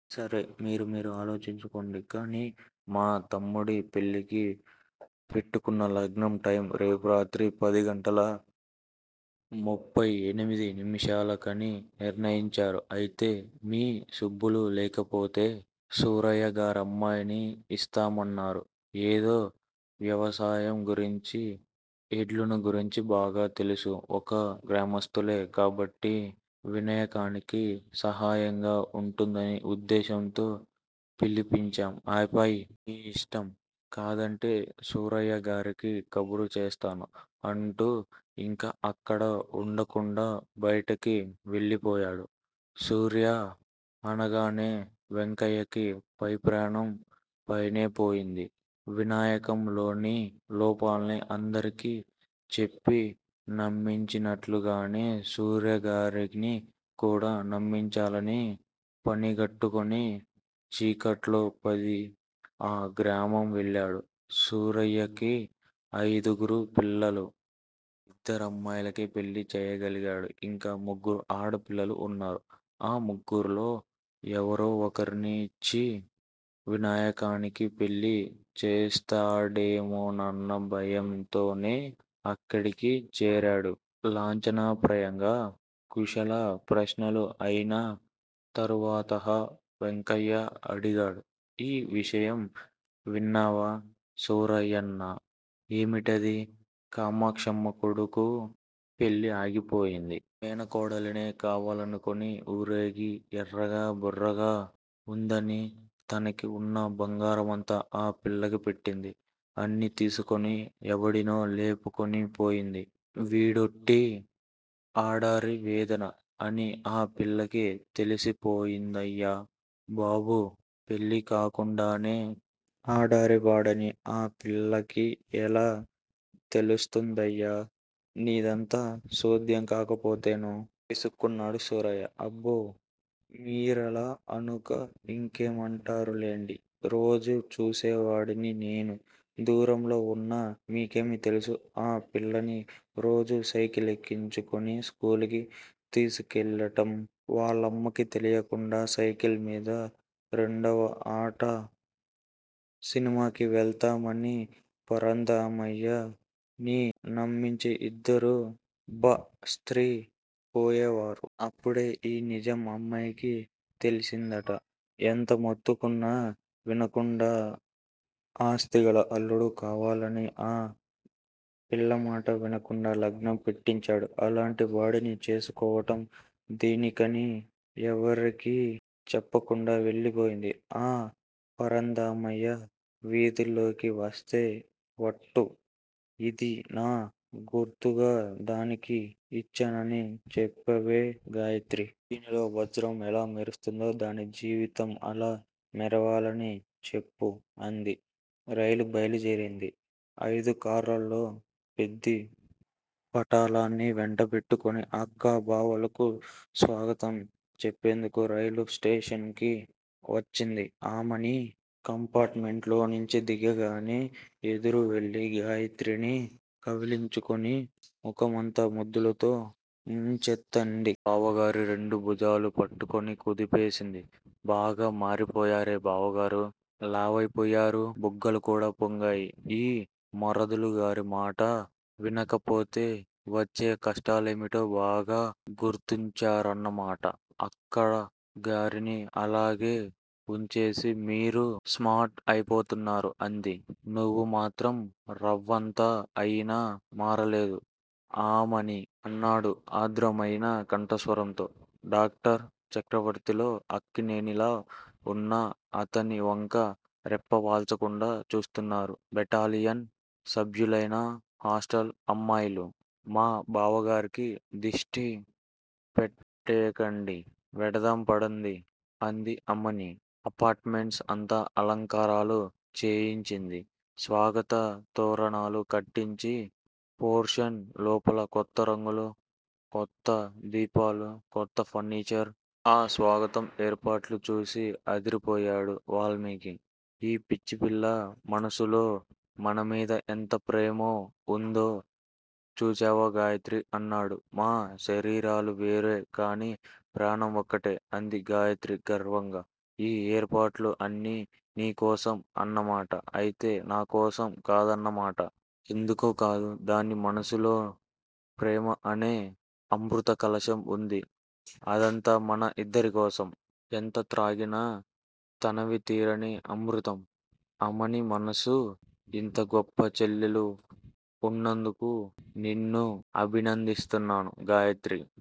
సరే! మీరు మీరు ఆలోచించుకోండి! కాని మా తమ్ముడి పెళ్ళికి పెట్టుకున్న లగ్నం టైం రేపురాత్రి పదిగంటల ముప్పైఎనిమిది నిముషాలకని నిర్ణయించారు. అయితే మీ సుబ్బులు! లేకపోతే సూరయ్యగారమ్మాయిని యిస్తామన్నారు. ఏదో వ్యవసాయం గురించి ఎడ్లను గురించి బాగా తెలుసు! ఒక గ్రామస్థులే కాబట్టి వినయకానికి సహాయంగా వుంటావన్న ఉద్దేశ్యంతో పిలిపించాం. ఆపై మీ యిష్టం కాదంటే సూరయ్యగారికి కబురు చేస్తాను! అంటూ యింక అక్కడ వుండకుండా బైటికి వెళ్ళిపోయాడు. సూర్య అనగానే వెంకయ్యకి పై ప్రాణం పైనే పోయింది. వినాయకంలోని లోపాన్ని అందరికీ చెప్పి నమ్మించినట్లుగానే సూర్యగారిని కూడా నమ్మించాలని పనిగట్టుకుని చీకట్లోపది ఆ గ్రామం వెళ్ళాడు. సూరయ్యకి అయిదుగురు పిల్లలు! యిద్దరమ్మాయిలకే పెళ్ళి చేయగలిగాడు. యింకా ముగ్గురు ఆడ పిల్లలు వున్నారు, ఆ ముగ్గురిలో ఎవరో ఒకరిని యిచ్చి వినాయకానికి పెళ్ళి చేస్తాడేమోనన్న భయంతోనే అక్కడికి చేరాడు. లాంఛనప్రాయంగా కుశల ప్రశ్నలు అయినా తరువతః వెంకయ్య అడిగాడు. ఈ విషయం విన్నావా సూరయ్యన్నా? ఏమిటది? కామాక్షమ్మ కొడుకు పెళ్ళి ఆగిపోయింది. మేనకోడలినే కావాలనుకుని ఊరేగి ఎర్రగా బుర్రగా వుందని తనకి వున్న బంగారమంతా ఆ పిల్లకి పెట్టింది. అన్నీ తీసుకుని ఎవడినో లేపుకుని పోయింది. వీడోట్టి ఆడారి వేదన అని ఆ పిల్లకి తెలిసిపోయిందయ్యా బాబూ! పెళ్ళి కాకుండానే ఆడారివాడని ఆ పిల్లకి ఎలా తెలుస్తుందయ్యా? నీదంతా సోధ్యం కాకపోతేనూ? విసుక్కున్నాడు సూరయ్య! అబ్బో! మీరలా అనక ఇంకేమంటారు లెండి! రోజూ చూసేవాడిని నేను! దూరంలో వున్న మీకేమి తెలుసు? ఆ పిల్లని రోజూ సైకిలెక్కించుకుని స్కూలుకి తీసుకెళ్ళటం, వాళ్ళమ్మకి తెలియకుండా సైకిల్ మీద రెండవ ఆట సినిమాకి వెళ్తామని పరంధామయ్యని నమ్మించి యిద్దరూ బస్రీ పోయేవారు. అప్పుడే ఈ నిజం ఆ అమ్మాయికి తెలిసిందట. ఎంత మొత్తుకున్నా వినకుండా ఆస్తిగల అల్లుడు కావాలని ఆ పిల్లమాట వినకుండా లగ్నం పెట్టించాడు. అలాంటి వాడిని చేసుకోవటం దేనికని ఎవరికీ చెప్పకుండా వెళ్ళిపోయింది. ఆ పరంధామయ్య వీధిలోకి వస్తే వట్టు. ఇది నా గుర్తుగా దానికి ఇచ్చానని చెప్పవే గాయత్రీ! దీనిలో వజ్రం ఎలా మెరుస్తుందో దాని జీవితం అలా మెరవాలని చెప్పు అంది. రైలు బయలుదేరింది! అయిదు కార్లలో పెద్ది పటాలాన్ని వెంటపెట్టుకుని అక్క బావలకు స్వాగతం చెప్పేందుకు రైలు స్టేషన్ కి వచ్చింది ఆమని! కంపార్టుమెంటులోంచి దిగగానే ఎదురువెళ్ళి గాయత్రిని కావిలించుకుని ముఖమంతా ముద్దులతో ముంచెత్తింది. బావగారి భుజాలు రెండు పట్టుకుని కుదిపేసింది. బాగా మారిపోయారే బావగారూ! లావైపోయారు. బుగ్గలు కూడా పొంగాయి. ఈ మరదలుగారి మాట వినకపోతే వచ్చే కష్టాలేమిటో బాగా గుర్తించారన్నమాట! అక్కగారిని అలాగే వుంచేసి మీరు స్మార్ట్ అయిపోతున్నారు అంది. నువ్వు మాత్రం రవంత అయినా మారలేదు ఆమనీ! అన్నాడు ఆర్ధ్రమయిన కంఠస్వరంతో. డాక్టర్ చక్రవర్తిలో అక్కినేనిలా వున్న అతని వంక రెప్పవాల్చకుండా చూస్తున్నారు బెటాలియన్ సభ్యులైన హాస్టల్ అమ్మాయిలు. మా బావగారికి దిష్టి పెట్టేయకండి. వెడదాం పదండి! అంది అమ్మని. అపార్టుమెంట్స్ అంతా అలంకారాలు చేయించింది. స్వాగత తోరణాలు కట్టించింది. పోర్షన్ లోపల క్రొత్త రంగులు, క్రొత్త దీపాలు, క్రొత్త ఫర్నీచర్! ఆ స్వాగతం ఏర్పాట్లు చూచి అదిరిపోయాడు వాల్మీకి. ఈ పిచ్చిపిల్ల మనసులో మనమీద ఎంత ప్రేమో ఉందో చూచావా గాయత్రీ! అన్నాడు. మా శరీరాలు వేరే కాని ప్రాణం ఒక్కటే అంది గాయత్రి గర్వంగా! ఈ ఏర్పాట్లు అన్నీ నీకోసం అన్నమాట? అయితే నాకోసం కాదన్నమాట? ఎందుకు కాదు? దాని మనసులో ప్రేమ అనే అమృతకలశం ఉంది. అదంతా మన ఇద్దరికోసం! ఎంత త్రాగినా తనివి తీరని అమృతం ఆమని మనసు! ఇంత గొప్ప చెల్లెలు ఉన్నందుకు నిన్ను అభినందిస్తున్నాను గాయత్రీ!